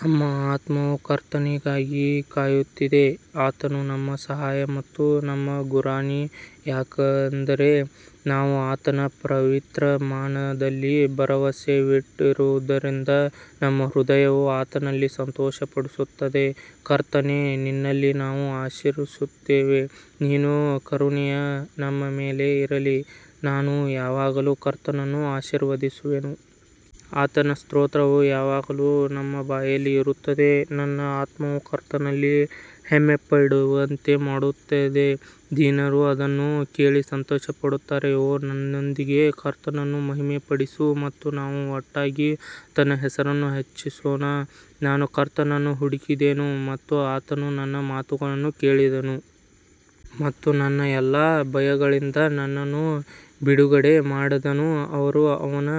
ನಮ್ಮ ಆತ್ಮವು ಕರ್ತನಿಗಾಗಿ ಕಾಯುತ್ತಿದೆ ಆತನು ನಮ್ಮ ಸಹಾಯ ಮತ್ತು ನಮ್ಮ ಗುರಾಣಿ ಯಾಕಂದರೆ ನಾವು ಆತನ ಪವಿತ್ರ ನಾಮದಲ್ಲಿ ಭರವಸವಿಟ್ಟಿರುವುದರಿಂದ ನಮ್ಮ ಹೃದಯವು ಆತನಲ್ಲಿ ಸಂತೋಷಪಡುತ್ತದೆ ಕರ್ತನೇ, ನಿನ್ನಲ್ಲಿ ನಾವು ಆಶಿಸುತ್ತಿರುವಂತೆ ನಿನ್ನ ಕರುಣೆಯು ನಮ್ಮ ಮೇಲೆ ಇರಲಿ ನಾನು ಯಾವಾಗಲೂ ಕರ್ತನನ್ನು ಆಶೀರ್ವದಿಸುವೆನು, ಆತನ ಸ್ತೋತ್ರವು ಯಾವಾಗಲೂ ನನ್ನ ಬಾಯಲ್ಲಿ ಇರುತ್ತದೆ ನನ್ನ ಆತ್ಮವು ಕರ್ತನಲ್ಲಿ ಹೆಮ್ಮೆಪಡುವಂತೆ ಮಾಡುತ್ತದೆ, ದೀನರು ಅದನ್ನು ಕೇಳಿ ಸಂತೋಷಪಡುತ್ತಾರೆ ಓ ನನ್ನೊಂದಿಗೆ ಕರ್ತನನ್ನು ಮಹಿಮೆಪಡಿಸು ಮತ್ತು ನಾವು ಒಟ್ಟಾಗಿ ಆತನ ಹೆಸರನ್ನು ಹೆಚ್ಚಿಸೋಣ ನಾನು ಕರ್ತನನ್ನು ಹುಡುಕಿದೆನು ಮತ್ತು ಆತನು ನನ್ನ ಮಾತುಗಳನ್ನು ಕೇಳಿದನು ಮತ್ತು ನನ್ನ ಎಲ್ಲಾ ಭಯಗಳಿಂದ ನನ್ನನ್ನು ಬಿಡುಗಡೆ ಮಾಡಿದನು ಅವರು ಅವನ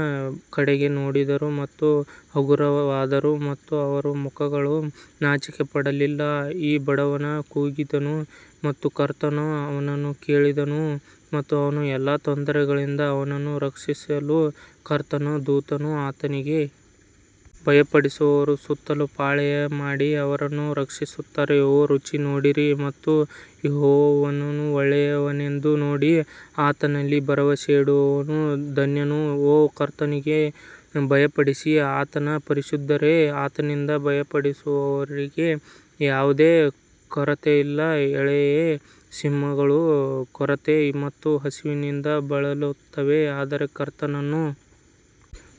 ಕಡೆಗೆ ನೋಡಿದರು ಮತ್ತು ಹಗುರವಾದರು ಮತ್ತು ಅವರ ಮುಖಗಳು ನಾಚಿಕೆಪಡಲಿಲ್ಲ ಈ ಬಡವನು ಕೂಗಿದನು ಮತ್ತು ಕರ್ತನು ಅವನನ್ನು ಕೇಳಿದನು ಮತ್ತು ಅವನ ಎಲ್ಲಾ ತೊಂದರೆಗಳಿಂದ ಅವನನ್ನು ರಕ್ಷಿಸಿದನು ಕರ್ತನ ದೂತನು ಆತನಿಗೆ ಭಯಪಡುವವರ ಸುತ್ತಲೂ ಪಾಳೆಯ ಮಾಡಿ ಅವರನ್ನು ರಕ್ಷಿಸುತ್ತಾನೆ ಓ ರುಚಿ ನೋಡಿರಿ ಮತ್ತು ಯೆಹೋವನು ಒಳ್ಳೆಯವನೆಂದು ನೋಡಿ ಆತನಲ್ಲಿ ಭರವಸೆಯಿಡುವವನು ಧನ್ಯನು ಓ ಕರ್ತನಿಗೆ ಭಯಪಡಿರಿ, ಆತನ ಪರಿಶುದ್ಧರೇ ಆತನಿಗೆ ಭಯಪಡುವವರಿಗೆ ಯಾವುದೇ ಕೊರತೆಯಿಲ್ಲ ಎಳೆಯ ಸಿಂಹಗಳು ಕೊರತೆ ಮತ್ತು ಹಸಿವಿನಿಂದ ಬಳಲುತ್ತವೆ ಆದರೆ ಕರ್ತನನ್ನು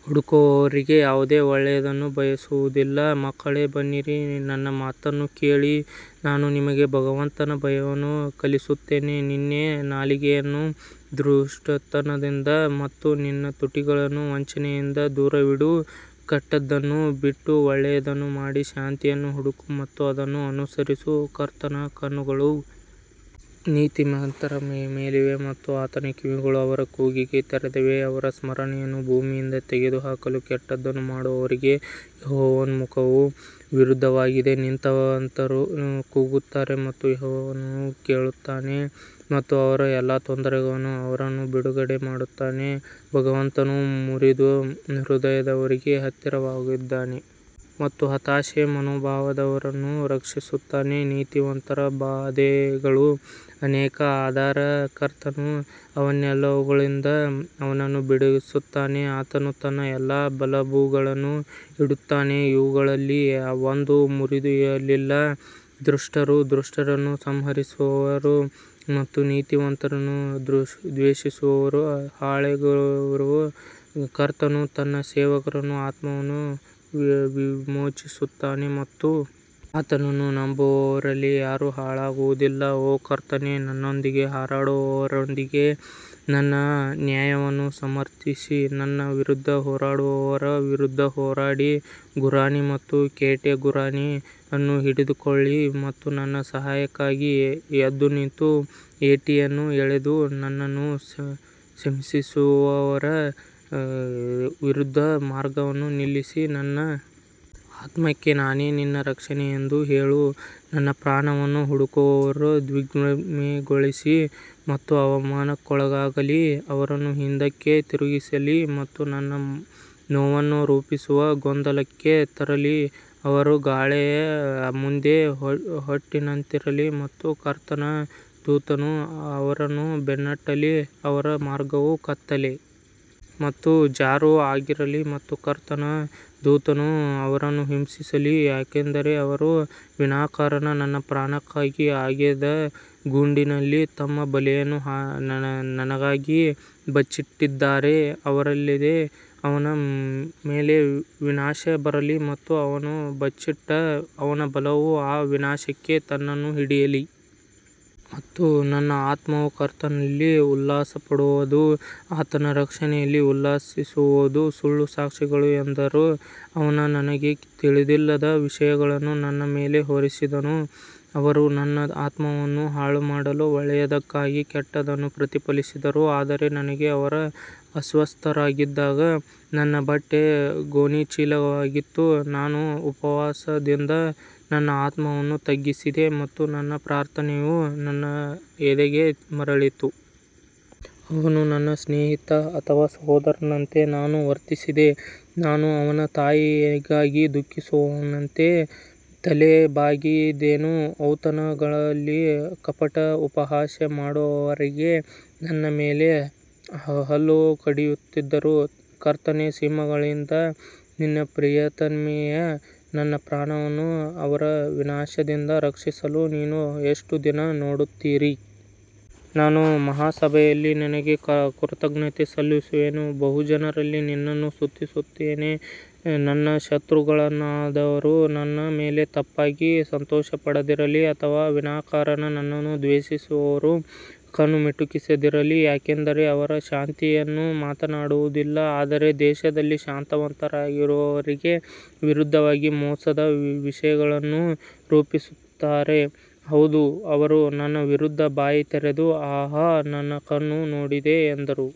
ಹುಡುಕುವವರಿಗೆ ಯಾವುದೇ ಒಳ್ಳೆಯದನ್ನು ಬಯಸುವುದಿಲ್ಲ ಮಕ್ಕಳೇ ಬನ್ನಿರಿ ನನ್ನ ಮಾತನ್ನು ಕೇಳಿ ನಾನು ನಿಮಗೆ ಭಗವಂತನ ಭಯವನ್ನು ಕಲಿಸುತ್ತೇನೆ ನಿನ್ನ ನಾಲಿಗೆಯನ್ನು ದುಷ್ಟತನದಿಂದ ಮತ್ತು ನಿನ್ನ ತುಟಿಗಳನ್ನು ವಂಚನೆಯಿಂದ ದೂರವಿಡು ಕೆಟ್ಟದ್ದನ್ನು ಬಿಟ್ಟು ಒಳ್ಳೆಯದನ್ನು ಮಾಡಿ ಶಾಂತಿಯನ್ನು ಹುಡುಕು ಮತ್ತು ಅದನ್ನು ಅನುಸರಿಸು ಕರ್ತನ ಕಣ್ಣುಗಳು ನೀತಿವಂತರ ಮೇಲಿವೆ ಮತ್ತು ಆತನ ಕಿವಿಗಳು ಅವರ ಕೂಗಿಗೆ ತೆರೆದಿವೆ ಅವರ ಸ್ಮರಣೆಯನ್ನು ಭೂಮಿಯಿಂದ ತೆಗೆದುಹಾಕಲು ಕೆಟ್ಟದ್ದನ್ನು ಮಾಡುವವರಿಗೆ ಯೆಹೋವನ ಮುಖವು ವಿರುದ್ಧವಾಗಿದೆ ನೀತಿವಂತರು ಕೂಗುತ್ತಾರೆ ಮತ್ತು ಯೆಹೋವನು ಕೇಳುತ್ತಾನೆ ಮತ್ತು ಅವರ ಎಲ್ಲಾ ತೊಂದರೆಗಳಿಂದ ಅವರನ್ನು ಬಿಡುಗಡೆ ಮಾಡುತ್ತಾನೆ ಭಗವಂತನು ಮುರಿದ ಹೃದಯದವರಿಗೆ ಹತ್ತಿರವಾಗಿದ್ದಾನೆ ಮತ್ತು ಹತಾಶೆಯ ಮನೋಭಾವದವರನ್ನು ರಕ್ಷಿಸುತ್ತಾನೆ ನೀತಿವಂತನ ಬಾಧೆಗಳು ಅನೇಕ ಆದರೆ ಕರ್ತನು ಅವೆಲ್ಲವುಗಳಿಂದ ಅವನನ್ನು ಬಿಡಿಸುತ್ತಾನೆ ಆತನು ತನ್ನ ಎಲ್ಲಾ ಎಲುಬುಗಳನ್ನು ಇಡುತ್ತಾನೆ ಅವುಗಳಲ್ಲಿ ಒಂದೂ ಮುರಿಯಲಿಲ್ಲ ದುಷ್ಟರು ದುಷ್ಟರನ್ನು ಸಂಹರಿಸುವರು ಮತ್ತು ನೀತಿವಂತರನ್ನು ದ್ವೇಷಿಸುವವರು ಹಾಳಾಗುವರು ಕರ್ತನು ತನ್ನ ಸೇವಕರ ಆತ್ಮವನ್ನು ವಿಮೋಚಿಸುತ್ತಾನೆ ಮತ್ತು ಆತನನ್ನು ನಂಬುವವರಲ್ಲಿ ಯಾರೂ ಹಾಳಾಗುವುದಿಲ್ಲ ಓ ಕರ್ತನೇ, ನನ್ನೊಂದಿಗೆ ಹೋರಾಡುವವರೊಂದಿಗೆ ನನ್ನ ನ್ಯಾಯವನ್ನು ಸಮರ್ಥಿಸಿ, ನನ್ನ ವಿರುದ್ಧ ಹೋರಾಡುವವರ ವಿರುದ್ಧ ಹೋರಾಡಿ ಗುರಾಣಿ ಮತ್ತು ಖೇಡ್ಯಗುರಾಣಿ ಅನ್ನು ಹಿಡಿದುಕೊಳ್ಳಿ ಮತ್ತು ನನ್ನ ಸಹಾಯಕ್ಕಾಗಿ ಎದ್ದುನಿಂತು ಈಟಿಯನ್ನು ಎಳೆದು ನನ್ನನ್ನು ಹಿಂಸಿಸುವವರ ವಿರುದ್ಧದ ಮಾರ್ಗವನ್ನು ನಿಲ್ಲಿಸಿ ನನ್ನ ಆತ್ಮಕ್ಕೆ ನಾನೇ ನಿನ್ನ ರಕ್ಷಣೆ ಎಂದು ಹೇಳು ನನ್ನ ಪ್ರಾಣವನ್ನು ಹುಡುಕುವವರು ದಿಗ್ಭ್ರಮೆಗೊಳ್ಳಲಿ ಮತ್ತು ಅವಮಾನಕ್ಕೊಳಗಾಗಲಿ, ಅವರನ್ನು ಹಿಂದಕ್ಕೆ ತಿರುಗಿಸಲಿ ಮತ್ತು ನನ್ನ ನೋವನ್ನು ರೂಪಿಸುವ ಗೊಂದಲಕ್ಕೆ ತರಲಿ ಅವರು ಗಾಳಿಯ ಮುಂದೆ ಹೊಟ್ಟಿನಂತಿರಲಿ ಮತ್ತು ಕರ್ತನ ದೂತನು ಅವರನ್ನು ಬೆನ್ನಟ್ಟಲಿ ಅವರ ಮಾರ್ಗವು ಕತ್ತಲೆ ಮತ್ತು ಜಾರು ಆಗಿರಲಿ ಮತ್ತು ಕರ್ತನ ದೂತನು ಅವರನ್ನು ಹಿಂಸಿಸಲಿ ಯಾಕಂದರೆ ಅವರು ವಿನಾಕಾರಣ ನನ್ನ ಪ್ರಾಣಕ್ಕಾಗಿ ಅಗೆದ ಗುಂಡಿಯಲ್ಲಿ ತಮ್ಮ ಬಲೆಯನ್ನು ನನಗಾಗಿ ಬಚ್ಚಿಟ್ಟಿದ್ದಾರೆ ಅರಿವಿಲ್ಲದೆ ಅವನ ಮೇಲೆ ವಿನಾಶ ಬರಲಿ ಮತ್ತು ಅವನು ಬಚ್ಚಿಟ್ಟ ಅವನ ಬಲವು ಆ ವಿನಾಶಕ್ಕೆ ತನ್ನನ್ನು ಹಿಡಿಯಲಿ ಮತ್ತು ನನ್ನ ಆತ್ಮವು ಕರ್ತನಲ್ಲಿ ಉಲ್ಲಾಸಪಡುವದು ಆತನ ರಕ್ಷಣೆಯಲ್ಲಿ ಉಲ್ಲಾಸಿಸುವದು ಸುಳ್ಳು ಸಾಕ್ಷಿಗಳು ಎದ್ದರು, ಅವರು ನನಗೆ ತಿಳಿದಿಲ್ಲದ ವಿಷಯಗಳನ್ನು ನನ್ನ ಮೇಲೆ ಹೊರಿಸಿದರು ಅವರು ನನ್ನ ಆತ್ಮವನ್ನು ಹಾಳುಮಾಡಲು ಒಳ್ಳೆಯದಕ್ಕಾಗಿ ಕೆಟ್ಟದ್ದನ್ನು ಪ್ರತಿಫಲಿಸಿದರು ಆದರೆ ನನಗೆ ಅವರು ಅಸ್ವಸ್ಥರಾಗಿದ್ದಾಗ ನನ್ನ ಬಟ್ಟೆ ಗೋಣಿಚೀಲವಾಗಿತ್ತು, ನಾನು ಉಪವಾಸದಿಂದ ನನ್ನ ಆತ್ಮವನ್ನು ತಗ್ಗಿಸಿದೆ ಮತ್ತು ನನ್ನ ಪ್ರಾರ್ಥನೆಯು ನನ್ನ ಎದೆಗೆ ಮರಳಿತು. ಅವನು ನನ್ನ ಸ್ನೇಹಿತ ಅಥವಾ ಸಹೋದರನಂತೆ ನಾನು ವರ್ತಿಸಿದೆ, ನಾನು ಅವನ ತಾಯಿಗಾಗಿ ದುಃಖಿಸುವವನಂತೆ ತಲೆಬಾಗಿದ್ದೇನೆ ಔತಣಗಳಲ್ಲಿ ಕಪಟ ಅಪಹಾಸ್ಯ ಮಾಡುವವರೊಂದಿಗೆ ನನ್ನ ಮೇಲೆ ಹಲ್ಲು ಕಡಿಯುತ್ತಿದ್ದರು ಕರ್ತನೇ, ಸಿಂಹಗಳಿಂದ ನನ್ನ ಪ್ರಿಯತಮೆಯೇ, ನನ್ನ ಪ್ರಾಣವನ್ನು ಅವರ ವಿನಾಶದಿಂದ ರಕ್ಷಿಸಲು ನೀವು ಎಷ್ಟು ದಿನ ನೋಡುತ್ತೀರಿ ನಾನು ಮಹಾಸಭೆಯಲ್ಲಿ ನಿನಗೆ ಕೃತಜ್ಞತೆ ಸಲ್ಲಿಸುವೆನು, ಬಹುಜನರಲ್ಲಿ ನಿನ್ನನ್ನು ಸ್ತುತಿಸುತ್ತೇನೆ ನನ್ನ ಶತ್ರುಗಳಾದವರು ನನ್ನ ಮೇಲೆ ತಪ್ಪಾಗಿ ಸಂತೋಷಪಡದಿರಲಿ ಅಥವಾ ವಿನಾಕಾರಣ ನನ್ನನ್ನು ದ್ವೇಷಿಸುವವರು ಕಣ್ಣು ಮಿಟುಕಿಸದಿರಲಿ ಯಾಕಂದರೆ ಅವರು ಶಾಂತಿಯನ್ನು ಮಾತನಾಡುವುದಿಲ್ಲ ಆದರೆ ದೇಶದಲ್ಲಿ ಶಾಂತವಾಗಿರುವವರಿಗೆ ವಿರುದ್ಧವಾಗಿ ಮೋಸದ ವಿಷಯಗಳನ್ನು ರೂಪಿಸುತ್ತಾರೆ ಹೌದು ಅವರು ನನ್ನ ವಿರುದ್ಧ ಬಾಯಿ ತೆರೆದು ಆಹಾ ಆಹಾ ನಮ್ಮ ಕಣ್ಣು ನೋಡಿದೆ ಎಂದರು.